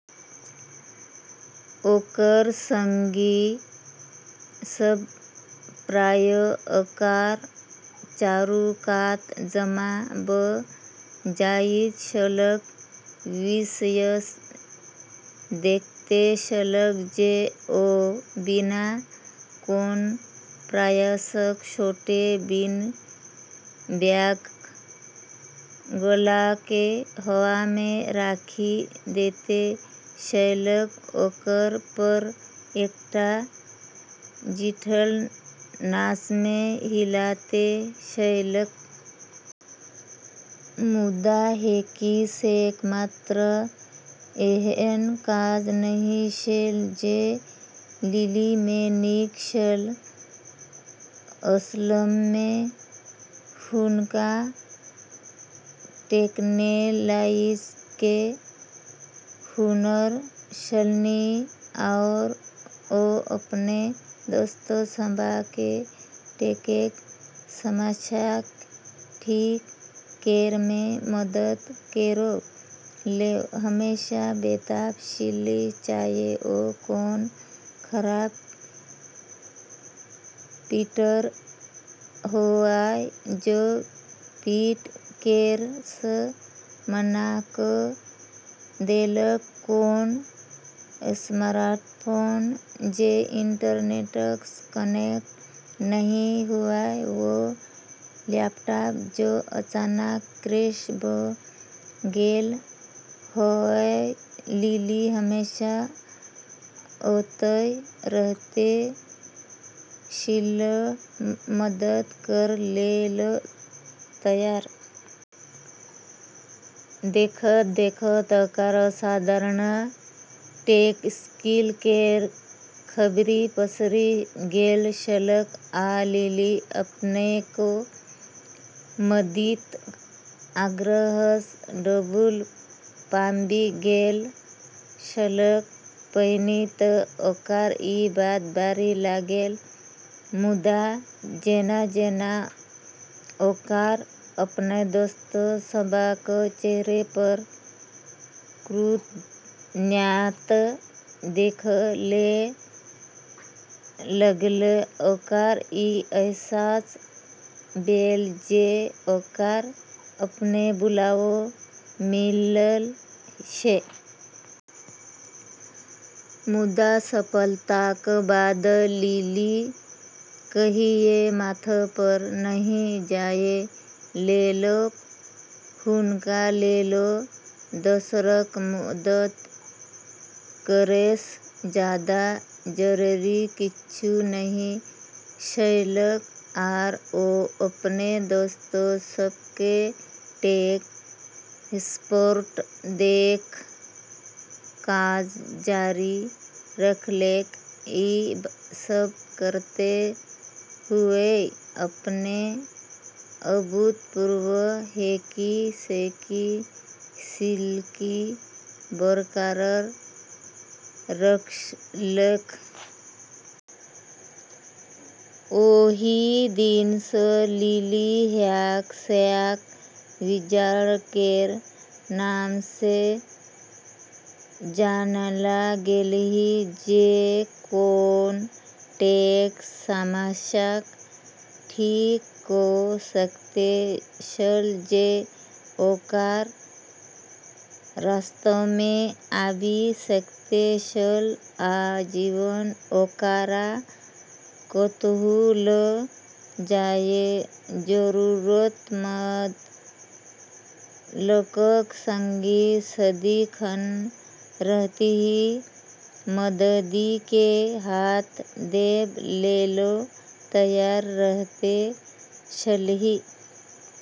ओकर संगी सभ प्रायः ओकरा चारू कात जमा भऽ जाइत छलैक, विस्मयसँ देखैत छलैक जे ओ बिना कोनो प्रयासक छोट बीनबैगक गोलाकेँ हवामे राखि दैत छलैक, ओकर पैर एकटा जटिल नाचमे हिलैत छलैक। मुदा हैकी-सैक मात्र एहन काज नहि छल जे लिलीमे नीक छल। असलमे हुनका टेक्नोलॉजीके हुनर छलन्हि आओर ओ अपन दोस्त सभकेँ टेकक समस्याकेँ ठीक करैमे मदद करै लेल हमेशा बेताब छलीह। चाहे ओ कोनो खराब प्रिंटर होअए जे प्रिंट करैसँ मना कऽ देलक, कोनो स्मार्टफोन जे इंटरनेटसँ कनेक्ट नहि होअए, वा लैपटॉप जे अचानक क्रैश भऽ गेल होअए, लिली हमेशा ओतए रहैत छलीह, मदद करै लेल तैयार। देखैत-देखैत ओकर असाधारण टेक स्किल केर खबरि पसरि गेल छलैक, आ लिली अपनाकेँ मददिक आग्रहसँ डूबल पाबि गेल छलैक। पहिने तऽ ओकरा ई बात भारी लागलै, मुदा जेना-जेना ओकरा अपन दोस्त सभक चेहरापर कृतज्ञता देखै लेल लगलै, ओकरा ई अहसास भेलै जे ओकरा अपन बुलावा मिलल छै। मुदा सफलताक बादो लिली कहियो माथपर नहि जाइ लेलक। हुनका लेल दोसरक मदद करैसँ जादा जरूरी किछु नहि छलैक, आरू ओ अपन दोस्त सभकेँ टेक सपोर्ट दैके काज जारी रखलकै, ई सब करैत हुअए अपन अभूतपूर्व हैकी-सैक स्किलकेँ बरकरार रखलकै। ओहि दिनसँ लिली 'हैकी-सैक विज़ार्ड' केर नामसँ जानल गेलीह जे कोनो टेक समस्याकेँ ठीक कऽ सकैत छल जे ओकरा रास्तामे आबि सकैत छल। आ जीवन ओकरा कतहु लऽ जाए, जरूरतमंद लोकक संगी सदिखन रहतीह, मददि के हाथ देबै लेल तैयार रहैत छलीह।